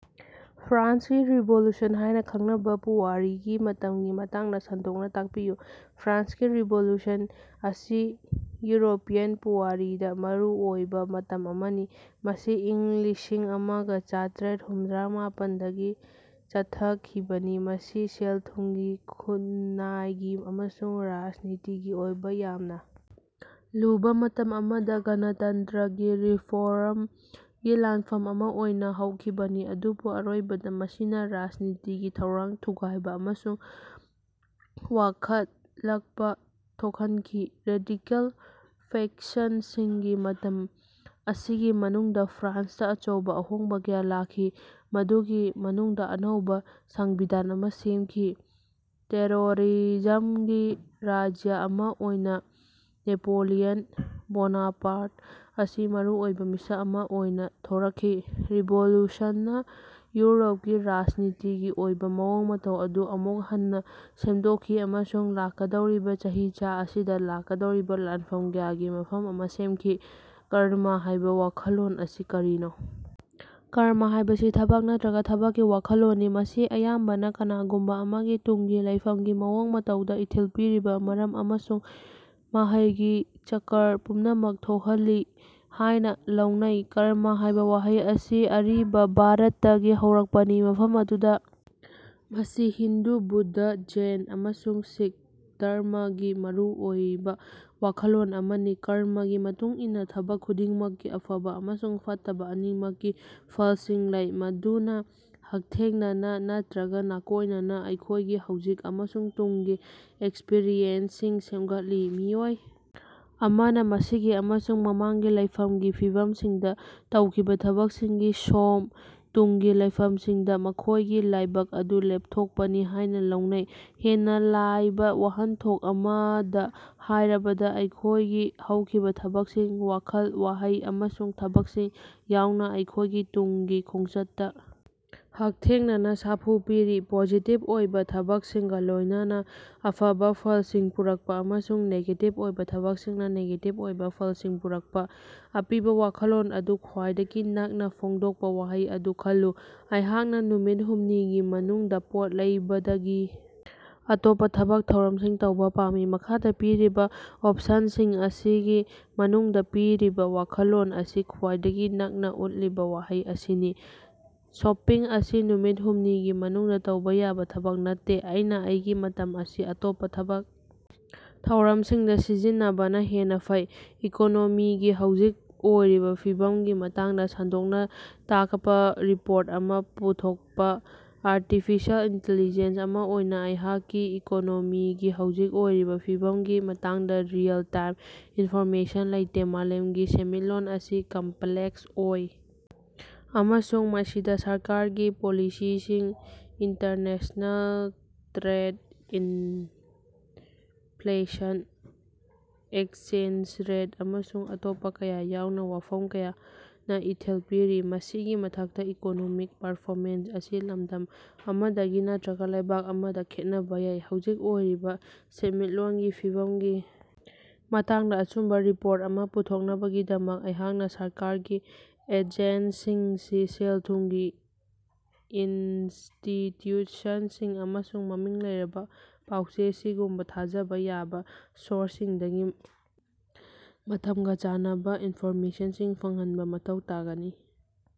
ꯐ꯭ꯔꯥꯟꯁꯀꯤ ꯔꯤꯚꯣꯂꯨꯁꯟ ꯍꯥꯏꯅ ꯈꯪꯅꯕ ꯄꯨꯋꯥꯔꯤꯒꯤ ꯃꯇꯝꯒꯤ ꯃꯇꯥꯡꯗ ꯁꯟꯗꯣꯛꯅ ꯇꯥꯛꯄꯤꯌꯨ꯫ ꯐ꯭ꯔꯥꯟꯁꯀꯤ ꯔꯤꯚꯣꯂꯨꯁꯟ ꯑꯁꯤ ꯌꯨꯔꯣꯄꯤꯌꯟ ꯄꯨꯋꯥꯔꯤꯗ ꯃꯔꯨ ꯑꯣꯏꯕ ꯃꯇꯝ ꯑꯃꯅꯤ꯫ ꯃꯁꯤ ꯏꯪ ꯂꯤꯁꯤꯡ ꯑꯃꯒ ꯆꯇ꯭ꯔꯦꯠ ꯍꯨꯝꯗ꯭ꯔꯥ ꯃꯥꯄꯟꯗꯒꯤ ꯆꯠꯊꯈꯤꯕꯅꯤ꯫ ꯃꯁꯤ ꯁꯦꯜ-ꯊꯨꯝꯒꯤ, ꯈꯨꯟꯅꯥꯏꯒꯤ ꯑꯃꯁꯨꯡ ꯔꯥꯖꯅꯤꯇꯤꯒꯤ ꯑꯣꯏꯕ ꯌꯥꯝꯅ ꯂꯨꯕ ꯃꯇꯝ ꯑꯃꯗ ꯒꯅꯇꯟꯇ꯭ꯔꯒꯤ ꯔꯤꯐꯣꯔꯝꯒꯤ ꯂꯥꯟꯐꯝ ꯑꯃ ꯑꯣꯏꯅ ꯍꯧꯈꯤꯕꯅꯤ ꯑꯗꯨꯕꯨ ꯑꯔꯣꯏꯕꯗ ꯃꯁꯤꯅ ꯔꯥꯖꯅꯤꯇꯤꯒꯤ ꯊꯧꯔꯥꯡ ꯊꯨꯒꯥꯏꯕ ꯑꯃꯁꯨꯡ ꯋꯥꯡꯈꯠꯂꯛꯄꯥ ꯊꯣꯛꯍꯟꯈꯤ꯫ ꯔꯦꯗꯤꯀꯦꯜ ꯐꯦꯛꯁꯟꯁꯤꯡꯒꯤ ꯃꯇꯝ ꯑꯁꯤꯒꯤ ꯃꯅꯨꯡꯗ ꯐ꯭ꯔꯥꯟꯁꯇ ꯑꯆꯧꯕ ꯑꯍꯣꯡꯕ ꯀꯌꯥ ꯂꯥꯛꯈꯤ꯫ ꯃꯗꯨꯒꯤ ꯃꯅꯨꯡꯗ ꯑꯅꯧꯕ ꯁꯪꯕꯤꯙꯥꯟ ꯑꯃ ꯁꯦꯝꯈꯤ꯫ ꯇꯦꯔꯣꯔꯤꯖꯝꯒꯤ ꯔꯥꯖ꯭ꯌ ꯑꯃ ꯑꯣꯏꯅ ꯅꯦꯄꯣꯂꯤꯌꯟ ꯕꯣꯅꯥꯄꯥꯔꯠ ꯑꯁꯤ ꯃꯔꯨꯑꯣꯏꯕ ꯃꯤꯁꯛ ꯑꯃ ꯑꯣꯏꯅ ꯊꯣꯔꯛꯈꯤ꯫ ꯔꯤꯚꯣꯂ꯭ꯌꯨꯁꯟꯅ ꯌꯨꯔꯣꯞꯀꯤ ꯔꯥꯖꯅꯤꯇꯤꯒꯤ ꯑꯣꯏꯕ ꯃꯑꯣꯡ ꯃꯇꯧ ꯑꯗꯨ ꯑꯃꯨꯛ ꯍꯟꯅ ꯁꯦꯝꯗꯣꯛꯈꯤ ꯑꯃꯁꯨꯡ ꯂꯥꯛꯀꯗꯧꯔꯤꯕ ꯆꯍꯤꯆꯥ ꯑꯁꯤꯗ ꯂꯥꯛꯀꯗꯧꯔꯤꯕ ꯂꯥꯟꯐꯝ ꯀꯌꯥꯒꯤ ꯃꯐꯝ ꯑꯃ ꯁꯦꯝꯈꯤ꯫ 'ꯀꯔꯃ ' ꯍꯥꯏꯕ ꯋꯥꯈꯜꯂꯣꯟ ꯑꯁꯤ ꯀꯔꯤꯅꯣ? ꯀꯔꯃ ꯍꯥꯏꯕꯁꯤ ꯊꯕꯛ ꯅꯠꯇ꯭ꯔꯒ ꯊꯕꯛꯀꯤ ꯋꯥꯈꯜꯂꯣꯟꯅꯤ꯫ ꯃꯁꯤ ꯑꯌꯥꯝꯕꯅ ꯀꯅꯥꯒꯨꯝꯕ ꯑꯃꯒꯤ ꯇꯨꯡꯒꯤ ꯂꯩꯐꯝꯒꯤ ꯃꯑꯣꯡ ꯃꯇꯧꯗ ꯏꯊꯤꯜ ꯄꯤꯔꯤꯕ ꯃꯔꯝ ꯑꯃꯁꯨꯡ ꯃꯍꯩꯒꯤ ꯆꯀꯔ ꯄꯨꯝꯅꯃꯛ ꯊꯣꯛꯍꯜꯂꯤ ꯍꯥꯏꯅ ꯂꯧꯅꯩ꯫ ꯀꯔꯃ ꯍꯥꯏꯕ ꯋꯥꯍꯩ ꯑꯁꯤ ꯑꯔꯤꯕ ꯚꯥꯔꯠꯇꯒꯤ ꯍꯧꯔꯛꯄꯅꯤ꯫ ꯃꯐꯝ ꯑꯗꯨꯗ ꯃꯁꯤ ꯍꯤꯟꯗꯨ, ꯕꯨꯗꯙ, ꯖꯩꯟ ꯑꯃꯁꯨꯡ ꯁꯤꯈ ꯙꯔꯃꯒꯤ ꯃꯔꯨ ꯑꯣꯏꯕ ꯋꯥꯈꯜꯂꯣꯟ ꯑꯃꯅꯤ꯫ ꯀꯔꯃꯒꯤ ꯃꯇꯨꯡ ꯏꯟꯅ ꯊꯕꯛ ꯈꯨꯗꯤꯡꯃꯛꯀꯤ ꯑꯐꯕ ꯑꯃꯁꯨꯡ ꯐꯠꯇꯕ ꯑꯅꯤꯃꯛꯀꯤ ꯐꯜꯁꯤꯡ ꯂꯩ꯫ ꯃꯗꯨꯅ ꯍꯛꯊꯦꯡꯅꯅ ꯅꯠꯇ꯭ꯔꯒ ꯅꯥꯀꯣꯏꯅꯅ ꯑꯩꯈꯣꯏꯒꯤ ꯍꯧꯖꯤꯛ ꯑꯃꯁꯨꯡ ꯇꯨꯡꯒꯤ ꯑꯦꯛꯁꯄꯤꯔꯤꯌꯦꯟꯁꯁꯤꯡ ꯁꯦꯝꯒꯠꯂꯤ꯫ ꯃꯤꯑꯣꯏ ꯑꯃꯅ ꯃꯁꯤꯒꯤ ꯑꯃꯁꯨꯡ ꯃꯃꯥꯡꯒꯤ ꯂꯩꯐꯝꯒꯤ ꯐꯤꯚꯝꯁꯤꯡꯗ ꯇꯧꯈꯤꯕ ꯊꯕꯛꯁꯤꯡꯒꯤ ꯁꯣꯝ, ꯇꯨꯡꯒꯤ ꯂꯩꯐꯝꯁꯤꯡꯗ ꯃꯈꯣꯏꯒꯤ ꯂꯥꯏꯕꯛ ꯑꯗꯨ ꯂꯦꯞꯊꯣꯛꯄꯅꯤ ꯍꯥꯏꯅ ꯂꯧꯅꯩ꯫ ꯍꯦꯟꯅ ꯂꯥꯏꯕ ꯋꯥꯍꯟꯊꯣꯛ ꯑꯃꯗ ꯍꯥꯏꯔꯕꯗ, ꯑꯩꯈꯣꯏꯒꯤ ꯍꯧꯈꯤꯕ ꯊꯕꯛꯁꯤꯡ: ꯋꯥꯈꯜ, ꯋꯥꯍꯩ ꯑꯃꯁꯨꯡ ꯊꯕꯛꯁꯤꯡ ꯌꯥꯎꯅ ꯑꯩꯈꯣꯏꯒꯤ ꯇꯨꯡꯒꯤ ꯈꯣꯡꯆꯠꯇ ꯍꯛꯊꯦꯡꯅꯅ ꯁꯥꯐꯨ ꯄꯤꯔꯤ꯫ ꯄꯣꯖꯤꯇꯤꯚ ꯑꯣꯏꯕ ꯊꯕꯛꯁꯤꯡꯒ ꯂꯣꯏꯅꯅ ꯑꯐꯕ ꯐꯜꯁꯤꯡ ꯄꯨꯔꯛꯄ ꯑꯃꯁꯨꯡ ꯅꯦꯒꯦꯇꯤꯚ ꯑꯣꯏꯕ ꯊꯕꯛꯁꯤꯡꯅ ꯅꯦꯒꯦꯇꯤꯚ ꯑꯣꯏꯕ ꯐꯜꯁꯤꯡ ꯄꯨꯔꯛꯄ꯫ ꯑꯄꯤꯕ ꯋꯥꯈꯜꯂꯣꯟ ꯑꯗꯨ ꯈ꯭ꯋꯥꯏꯗꯒꯤ ꯅꯛꯅ ꯐꯣꯡꯗꯣꯛꯄ ꯋꯥꯍꯩ ꯑꯗꯨ ꯈꯜꯂꯨ꯫ ꯑꯩꯍꯥꯛꯅ ꯅꯨꯃꯤꯠ ꯍꯨꯝꯅꯤꯒꯤ ꯃꯅꯨꯡꯗ ꯄꯣꯠ ꯂꯩꯕꯗꯒꯤ ꯑꯇꯣꯞꯄ ꯊꯕꯛ ꯊꯧꯔꯝꯁꯤꯡ ꯇꯧꯕ ꯄꯥꯝꯃꯤ꯫ ꯃꯈꯥꯗ ꯄꯤꯔꯤꯕ ꯑꯣꯞꯁꯟꯁꯤꯡ ꯑꯁꯤꯒꯤ ꯃꯅꯨꯡꯗ ꯄꯤꯔꯤꯕ ꯋꯥꯈꯜꯂꯣꯟ ꯑꯁꯤ ꯈ꯭ꯋꯥꯏꯗꯒꯤ ꯅꯛꯅ ꯎꯠꯂꯤꯕ ꯋꯥꯍꯩ ꯑꯁꯤꯅꯤ: "ꯁꯣꯄꯤꯡ ꯑꯁꯤ ꯅꯨꯃꯤꯠ ꯍꯨꯝꯅꯤꯒꯤ ꯃꯅꯨꯡꯗ ꯇꯧꯕ ꯌꯥꯕ ꯊꯕꯛ ꯅꯠꯇꯦ; ꯑꯩꯅ ꯑꯩꯒꯤ ꯃꯇꯝ ꯑꯁꯤ ꯑꯇꯣꯞꯄ ꯊꯕꯛ ꯊꯧꯔꯝꯁꯤꯡꯗ ꯁꯤꯖꯤꯟꯅꯕꯅ ꯍꯦꯟꯅ ꯐꯩ"꯫ ꯏꯀꯣꯅꯣꯃꯤꯒꯤ ꯍꯧꯖꯤꯛ ꯑꯣꯏꯔꯤꯕ ꯐꯤꯚꯝꯒꯤ ꯃꯇꯥꯡꯗ ꯁꯟꯗꯣꯛꯅ ꯇꯥꯀꯄ ꯔꯤꯄꯣꯔꯠ ꯑꯃ ꯄꯨꯊꯣꯛꯄ- ꯑꯥꯔꯇꯤꯐꯤꯁꯤꯌꯦꯜ ꯏꯟꯇꯦꯂꯤꯖꯦꯟꯁ ꯑꯃ ꯑꯣꯏꯅ ꯑꯩꯍꯥꯛꯀꯤ ꯏꯀꯣꯅꯣꯃꯤꯒꯤ ꯍꯧꯖꯤꯛ ꯑꯣꯏꯔꯤꯕ ꯐꯤꯕꯝꯒꯤ ꯃꯇꯥꯡꯗ ꯔꯤꯑꯦꯜ ꯇꯥꯏꯝ ꯏꯟꯐꯣꯔꯃꯦꯁꯟ ꯂꯩꯇꯦ꯫ ꯃꯥꯂꯦꯝꯒꯤ ꯁꯦꯟꯃꯤꯠꯂꯣꯟ ꯑꯁꯤ ꯀꯝꯄ꯭ꯂꯦꯛꯁ ꯑꯣꯏ ꯑꯃꯁꯨꯡ ꯃꯁꯤꯗ ꯁꯔꯀꯥꯔꯒꯤ ꯄꯣꯂꯤꯁꯤꯁꯤꯡ, international trade, inflation, exchange rate ꯑꯃꯁꯨꯡ ꯑꯇꯣꯞꯄ ꯀꯌꯥ ꯌꯥꯎꯅ ꯋꯥꯐꯝ ꯀꯌꯥꯅ ꯏꯊꯤꯜ ꯄꯤꯔꯤ꯫ ꯃꯁꯤꯒꯤ ꯃꯊꯛꯇ ꯏꯀꯣꯅꯣꯃꯤꯛ ꯄꯔꯐꯣꯃꯦꯟꯁ ꯑꯁꯤ ꯂꯝꯗꯝ ꯑꯃꯗꯒꯤ ꯅꯠꯇ꯭ꯔꯒ ꯂꯩꯕꯥꯛ ꯑꯃꯗ ꯈꯦꯠꯅꯕ ꯌꯥꯏ꯫ ꯍꯧꯖꯤꯛ ꯑꯣꯏꯔꯤꯕ ꯁꯦꯟꯃꯤꯠꯂꯣꯟꯒꯤ ꯐꯤꯕꯝꯒꯤ ꯃꯇꯥꯡꯗ ꯑꯆꯨꯝꯕ ꯔꯤꯄꯣꯔꯠ ꯑꯃ ꯄꯨꯊꯣꯛꯅꯕꯒꯤꯗꯃꯛꯇ ꯑꯩꯍꯥꯛꯅ ꯁꯔꯀꯥꯔꯒꯤ ꯑꯦꯖꯦꯟꯁꯤꯁꯤꯡ, ꯁꯦꯜ-ꯊꯨꯝꯒꯤ ꯏꯟꯁꯇꯤꯇ꯭ꯌꯨꯁꯟꯁꯤꯡ ꯑꯃꯁꯨꯡ ꯃꯃꯤꯡ ꯂꯩꯔꯕ ꯄꯥꯎ-ꯆꯦꯁꯤꯡꯒꯨꯝꯕ ꯊꯥꯖꯕ ꯌꯥꯕ ꯁꯣꯔꯁꯁꯤꯡꯗꯒꯤ ꯃꯇꯝꯒ ꯆꯥꯟꯅꯕ ꯏꯟꯐꯣꯔꯃꯦꯁꯟꯁꯤꯡ ꯐꯪꯍꯟꯕ ꯃꯊꯧ ꯇꯥꯒꯅꯤ꯫